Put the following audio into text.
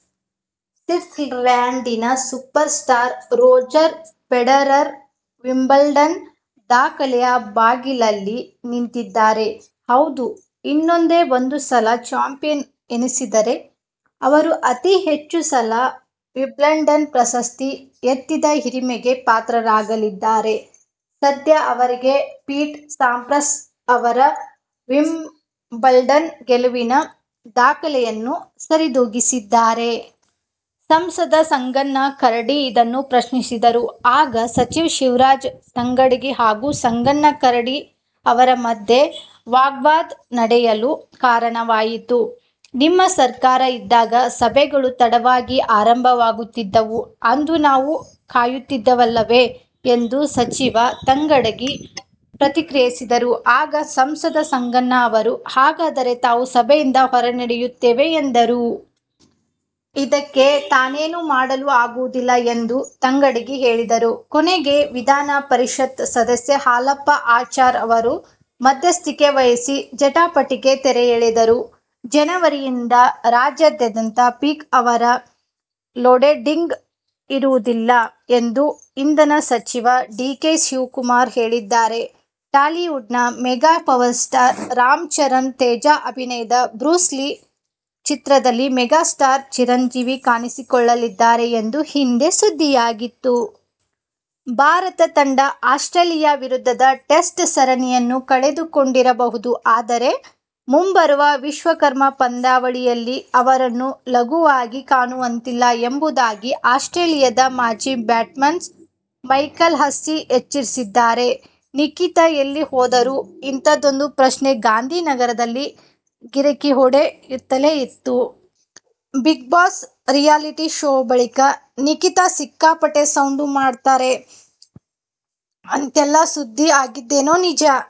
ಸಿಟ್ಸರ್ಲ್ಯಾಂಡಿನ super star Roger Federer Wimbledon ದಾಖಲೆಯ ಬಾಗಿಲಲ್ಲಿ ನಿಂತಿದ್ದಾರೆ. ಹೌದು, ಇನ್ನೊಂದೇ ಒಂದು ಸಲ ಚಾಂಪಿಯನ್ ಎನಿಸಿದರೆ ಅವರು ಅತೀ ಹೆಚ್ಚು ಸಲ ವಿಂಬಲ್ಡನ್ ಪ್ರಶಸ್ತಿ ಎತ್ತಿದ ಹಿರಿಮೆಗೆ ಪಾತ್ರರಾಗಲಿದ್ದಾರೆ. ಸದ್ಯ ಅವರೀಗ ಪೀಟ್ ಸಾಂಪ್ರಾಸ್ ಅವರ ವಿಂಬಲ್ಡನ್ ಗೆಲುವಿನ ದಾಖಲೆಯನ್ನು ಸರಿದೂಗಿಸಿದ್ದಾರೆ. ಸಂಸದ ಸಂಗಣ್ಣ ಕರಡಿ ಇದನ್ನು ಪ್ರಶ್ನಿಸಿದರು. ಆಗ ಸಚಿವ ಶಿವರಾಜ ತಂಗಡಗಿ ಹಾಗೂ ಸಂಗಣ್ಣ ಕರಡಿ ಅವರ ಮಧ್ಯೆ ವಾಗ್ವಾದ ನಡೆಯಲು ಕಾರಣವಾಯಿತು. "ನಿಮ್ಮ ಸರ್ಕಾರ ಇದ್ದಾಗ ಸಭೆಗಳು ತಡವಾಗಿ ಆರಂಭವಾಗುತ್ತಿದ್ದವು. ಅಂದು ನಾವು ಕಾಯುತ್ತಿದ್ದಿಲ್ಲವೇ' ಎಂದು ಸಚಿವ ತಂಗಡಗಿ ಪ್ರತಿಕ್ರಿಯಿಸಿದರು. ಆಗ ಸಂಸದ ಸಂಗಣ್ಣ ಅವರು, ಹಾಗಾದರೆ ತಾವು ಸಭೆಯಿಂದ ಹೊರ ನಡೆಯುತ್ತೇವೆ ಎಂದರು. ಇದಕ್ಕೆ ತಾನೇನೂ ಮಾಡಲು ಆಗುವುದಿಲ್ಲ ಎಂದು ತಂಗಡಗಿ ಹೇಳಿದರು. ಕೊನೆಗೆ ವಿಧಾನ ಪರಿಷತ್ ಸದಸ್ಯ ಹಾಲಪ್ಪ ಆಚಾರ್ ಅವರು ಮಧ್ಯಸ್ಥಿಕೆ ವಹಿಸಿ ಜಟಾಪಟಿಗೆ ತೆರೆ ಎಳೆದರು. ಜನವರಿಯಿಂದ ರಾಜ್ಯಾದ್ಯಂತ ಪೀಕ್ ಅವರ್ ಲೋಡ್ಶೆಡ್ಡಿಂಗ್ ಇರುವುದಿಲ್ಲ ಎಂದು ಇಂಧನ ಸಚಿವ ಡಿ. ಕೆ. ಶಿವಕುಮಾರ್ ಹೇಳಿದ್ದಾರೆ. ಟಾಲಿವುಡ್'ನ mega power star Ram Charan Teja ಅಭಿನಯದ ಬ್ರೂಸ್ ಲಿ ಚಿತ್ರದಲ್ಲಿ ಮೆಗಾಸ್ಟಾರ್ ಚಿರಂಜೀವಿ ಕಾಣಿಸಿಕೊಳ್ಳಲಿದ್ದಾರೆ ಎಂದು ಈ ಹಿಂದೆ ಸುದ್ದಿಯಾಗಿತ್ತು. ಭಾರತ ತಂಡ ಆಸ್ಟ್ರೇಲಿಯ ವಿರುದ್ಧದ ಟೆಸ್ಟ್ ಸರಣಿಯನ್ನು ಕಳೆದು ಕೊಂಡಿ ರಬಹುದು, ಆದರೆ ಮುಂಬರುವ ವಿಶ್ವಕಪ್ ಪಂದ್ಯಾವಳಿಯಲ್ಲಿ ಅವರನ್ನು ಲಘುವಾಗಿ ಕಾಣುವಂತಿಲ್ಲ ಎಂಬುದಾಗಿ ಆಸ್ಟ್ರೇಲಿಯದ ಮಾಜಿ ಬ್ಯಾಟ್ಸ್ಮನ್ ಮೈಕಲ್ ಹಸ್ಸಿ ಎಚ್ಚರಿಸಿದ್ದಾರೆ. ನಿಖೀತಾ ಎಲ್ಲಿ ಹೋದರು? -ಇಂಥದ್ದೊಂದು ಪ್ರಶ್ನೆ ಗಾಂಧಿನಗರದಲ್ಲಿ ಗಿರಕಿಹೊಡೆ ಯುತ್ತಲೇ ಇತ್ತು. "ಬಿಗ್ಬಾಸ್' ರಿಯಾಲಿಟಿ ಶೋ ಬಳಿಕ ನಿಖಿತಾ ಸಿಕ್ಕಾಪಟ್ಟೆ ಸೌಂಡು ಮಾಡ್ತಾರೆ ಅಂತೆಲ್ಲಾ ಸುದ್ದಿ ಆಗಿದ್ದೇನೋ ನಿಜ.